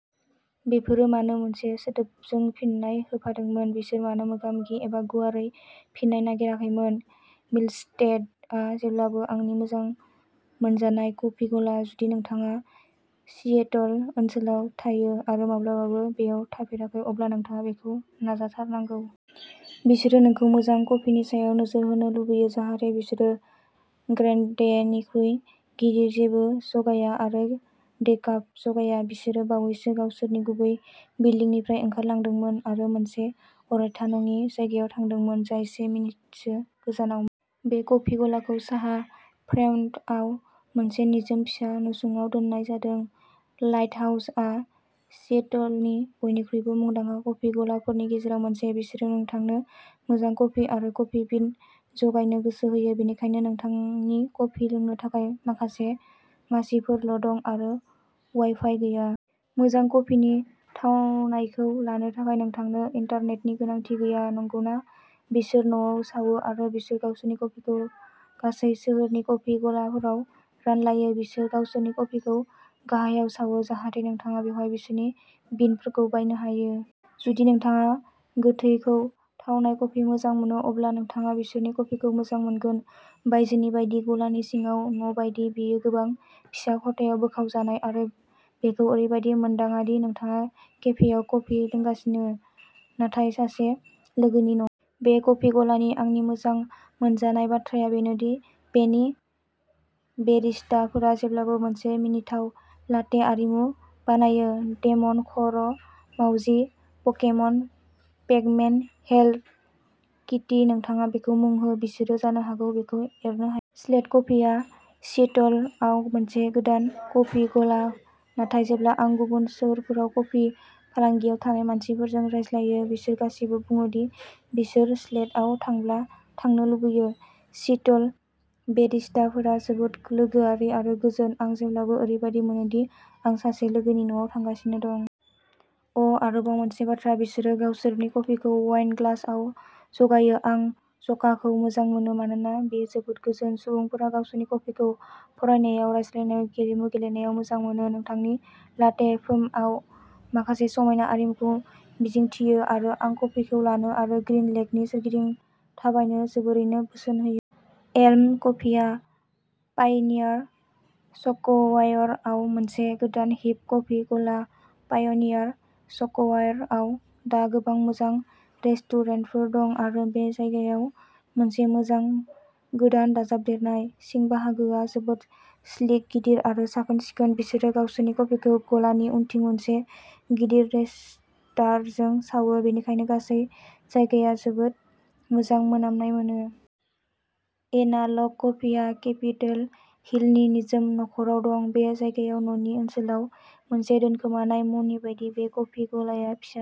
बेफोरो मानो मोनसे सोदोबजों फिननाय होफादोंमोन? बिसोर मानो मोगा-मोगि एबा गुवारै फिन्नाय नागिराखैमोन? मिल्स्टेडआ जेब्लाबो आंनि मोजां मोनजानाय कफि गला। जुदि नोंथाङा सिएटल ओनसोलाव थायो आरो माब्लाबाबो बेयाव थाफेराखै, अब्ला नोंथाङा बेखौ नाजाथारनांगौ! बिसोरो नोंखौ मोजां कफिनि सायाव नोजोर होनो लुबैयो जाहाथे बिसोरो ग्रेन्डेनिख्रुइ गिदिर जेबो जगाया आरो डेकाफ जगाया। बिसोरो बावैसो गावसोरनि गुबै बिल्दिंनिफ्राय ओंखारलांदोंमोन आरो मोनसे अरायथा नङि जायगायाव थादोंमोन, जाय से मिनिटसो गोजानावमोन। बे कफि गलाखौ साहा फ्रेमन्टआव मोनसे निजोम फिसा नसुङाव दोननाय जादों। लाइटहाउसआ सिएटलनि बयनिख्रुइबो मुंदांखा कफि गलाफोरनि गेजेराव मोनसे। बिसोरो नोंथांनो मोजां कफि आरो कफि बिन जगायनो गोसो होयो, बेनिखायनो नोंथांनि कफि लोंनो थाखाय माखासे मासिफोरल'दं आरो वाइफाइ गैया। मोजां कफिनि थावनायखौ लानो थाखाय नोंथांनो इन्टारनेटनि गोनांथि गैया, नंगौना? बिसोर न'आव सावो आरो बिसोर गावसोरनि कफिखौ गासै सोहोरनि कफि गलाफोराव रानलायो। बिसोर गावसोरनि कफिखौ गाहायाव सावो जाहाथे नोंथाङा बेवहाय बिसोरनि बिनफोरखौ बायनो हायो। जुदि नोंथाङा गोथौ ोखै थावनाय कफि मोजां मोनो, अब्ला नोंथाङा बिसोरनि कफिखौ मोजां मोनगोन। बायजोनि बायदि, गलानि सिंआ न'बायदि। बेयो गोबां फिसा खथायाव बोखावजानाय आरो बेखौ ओरैबायदि मोनदाङा दि नोंथाङा केफेआव कफि लोंगासिनो, नाथाय सासे लोगोनि न'आव। बे कफि गलानि आंनि मोजां मोनजानाय बाथ्राया बेनो दि बेनि बेरिस्टाफोरा जेब्लाबो मोनसे मिनिथाव लाटे आरिमु बानायोः डेमन, खर', मावजि, पकेमन, पेक-मेन, हेल'किटि-- नोंथाङा बेखौ मुं हो, बिसोरो जानो हागौ बेखौ एरनो हायो। स्लेट कफिआ सिएटलआव मोनसे गोदान कफि गला, नाथाय जेब्ला आं गुबुन सोहोरफोराव कफि फालांगियाव थानाय मानसिफोरजों रायज्लायो, बिसोर गासिबो बुङो दि बिसोर स्लेटआव थांब्ला थांनो लुबैयो। सिएटल। बेरिस्टाफोरा जोबोद लोगोआरि आरो गोजोन। आं जेब्लाबो ओरैबादि मोनो दि आं सासे लोगोनि न'आव थांगासिनो दं। अ'आरोबाव मोनसे बाथ्रा, बिसोरो गावसोरनि कफिखौ वाइन ग्लासआव जगायो! आं ज'काखौ मोजां मोनो मानोना बेयो जोबोद गोजोन! सुबुंफोरा गावसोरनि कफिखौ फरायनायाव, रायज्लायनायाव, गेलेमु गेलेनायाव मोजां मोनो। नोंथांनि लाटे फोमआव माखासे समायना आरिमुखौ मिजिंथियो, आरो आं कफिखौ लानो आरो ग्रीन लेकनि सोरगिदिं थाबायनो जोबोरैनो बोसोन होयो। एल्म कफिआ पाय'नियार स्क्वायरआव मोनसे गोदान हिप कफि गला। पाय'नियार स्क्वायरआव दा गोबां मोजां रेस्टुरेन्टफोर दं आरो बे जायगाया मोनसे मोजां गोदान दाजाबदेरनाय। सिं बाहागोआ जोबोद स्लिक, गिदिर आरो साखोन-सिखोन। बिसोरो गावसोरनि कफिखौ गलानि उनथिं मोनसे गिदिर र'स्टारजों सावो, बेनिखायनो गासै जायगाया जोबोद मोजां मोनामनाय मोनो। एनाल'ग कफिआ केपिटल हिलनि निजोम न'खरआव दं। बे जायगाया न'नि ओनसोलाव मोनसे दोनखोमानाय मणि बायदि। बे कफि गलाआ फिसा।